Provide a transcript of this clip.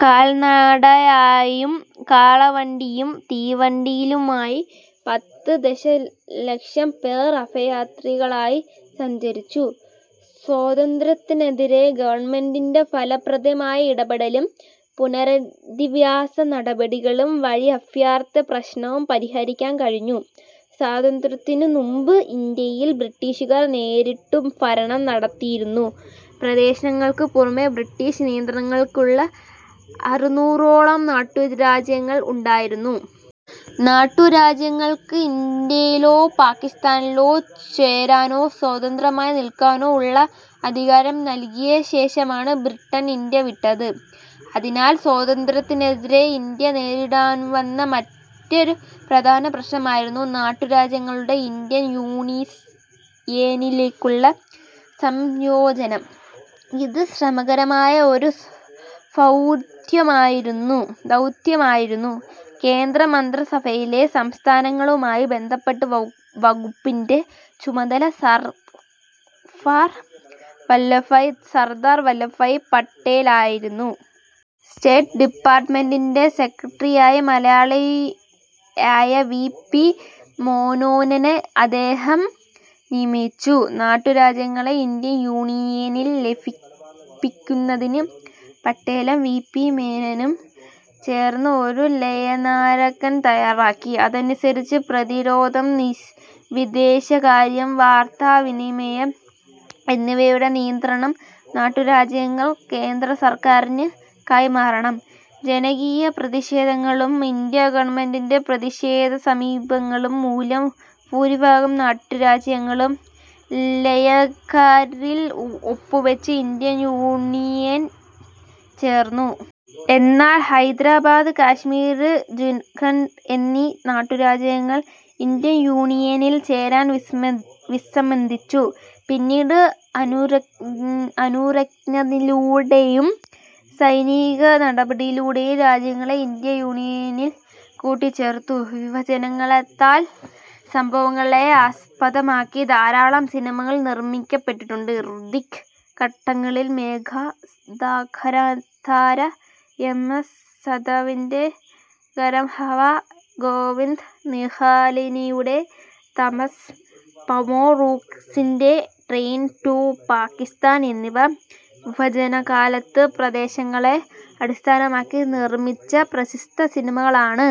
കാൽനടയായും കാളവണ്ടിയിലും തീവണ്ടിയിലുമായി പത്ത് ദശലക്ഷം പേർ അഭയാർഥികളായി സഞ്ചരിച്ചു. സ്വാതന്ത്രത്തിനെതിരെ ഗവൺമെന്റിന്റെ ഫലപ്രദമായ ഇടപെടലും പുനരധിവാസ നടപടികളും വഴി അഭയാർഥി പ്രശ്നം പരിഹരിക്കാൻ കഴിഞ്ഞു. സ്വാതന്ത്ര്യത്തിനു മുമ്പ് ഇന്ത്യയിൽ ബ്രിട്ടീഷുകാർ നേരിട്ടു ഭരണം നടത്തിയിരുന്ന പ്രദേശങ്ങൾക്കു പുറമെ ബ്രിട്ടീഷ് നിയന്ത്രണത്തിലുള്ള അറുനൂറോളം നാട്ടുരാജ്യങ്ങളും ഉണ്ടായിരുന്നു. നാട്ടുരാജ്യങ്ങൾക്ക് ഇന്ത്യയിലോ പാകിസ്ഥാനിലോ ചേരാനോ സ്വതന്ത്രമായി നിൽക്കാനോ ഉള്ള അധികാരം നൽകിയ ശേഷമാണ് ബ്രിട്ടൻ ഇന്ത്യ വിട്ടത്. അതിനാൽ സ്വാതന്ത്ര്യാനന്തര ഇന്ത്യ നേരിടേണ്ടിവന്ന മറ്റൊരു പ്രധാന പ്രശ്നമായിരുന്നു നാട്ടുരാജ്യങ്ങളുടെ ഇന്ത്യൻ യൂണിയനിലേക്കുള്ള സംയോജനം. ഇത് ശ്രമകരമായ ഒരു ദൗത്യമായിരുന്നു. കേന്ദ്ര മന്ത്രിസഭയിലെ സംസ്ഥാനങ്ങളുമായി ബന്ധപ്പെട്ട വകുപ്പിന്റെ ചുമതല സർദാർ വല്ലഭ്ഭായ് പട്ടേലിനായിരുന്നു. സ്റ്റേറ്റ്സ് ഡിപാർട്ട്മെന്റിന്റെ സെക്രട്ടറിയായി മലയാളിയായ വി. പി. മേനോനെ അദ്ദേഹം നിയമിച്ചു. നാട്ടുരാജ്യങ്ങളെ ഇന്ത്യൻ യൂണിയനിൽ ലയിപ്പിക്കുന്നതിന് പട്ടേലും വി. പി മേനോനും ചേർന്ന് ഒരു ലയനക്കരാർ തയാറാക്കി. അതനുസരിച്ച് പ്രതിരോധം, വിദേശകാര്യം, വാർത്താവിനിമയം എന്നിവയുടെ നിയന്ത്രണം നാട്ടുരാജ്യങ്ങൾ കേന്ദ്രസർക്കാരിന് കൈമാറണം. ജനകീയ പ്രതിഷേധങ്ങളും ഇന്ത്യാ ഗവൺമെന്റിന്റെ പ്രായോഗികസമീപനങ്ങളും മൂലം ഭൂരിഭാഗം നാട്ടുരാജ്യങ്ങളും ലയനക്കരാറിൽ ഒപ്പുവച്ച് ഇന്ത്യൻ യൂണിയനിൽ ചേർന്നു. എന്നാൽ ഹൈദരാബാദ്, കാശ്മീർ, ജുനഗഡ് എന്നീ നാട്ടുരാജ്യങ്ങൾ ഇന്ത്യൻ യൂണിയനിൽ ചേരാൻ വിസമ്മതിച്ചു. പിന്നീട് അനുരഞ്ജനത്തിലൂടെയും സൈനിക നടപടിയിലൂടെയും രാജ്യങ്ങളെ ഇന്ത്യൻ യൂണിയനിൽ കൂട്ടിച്ചേർത്തു. വിഭജനകാലത്തെ സംഭവങ്ങളെ ആസ്പദമാക്കി ധാരാളം സിനിമകൾ നിർമിക്കപ്പെട്ടിട്ടുണ്ട്. ഋത്വിക് ഘട്ടക്കിന്റെ "മേഘ ധാക്കധാര', എം. എസ്. സതവിന്റെ "ഗരംഹവ', ഗോവിന്ദ് നിഹലാനിയുടെ തമസ്സ്', പമേല റൂക്ക്സിന്റെ "ട്രെയിൻ ടു പാകിസ്ഥാൻ' എന്നിവ വിഭജനകാലത്തെ പ്രശ്നങ്ങളെ അടിസ്ഥാനമാക്കി നിർമിച്ച പ്രശസ്ത സിനിമകളാണ്.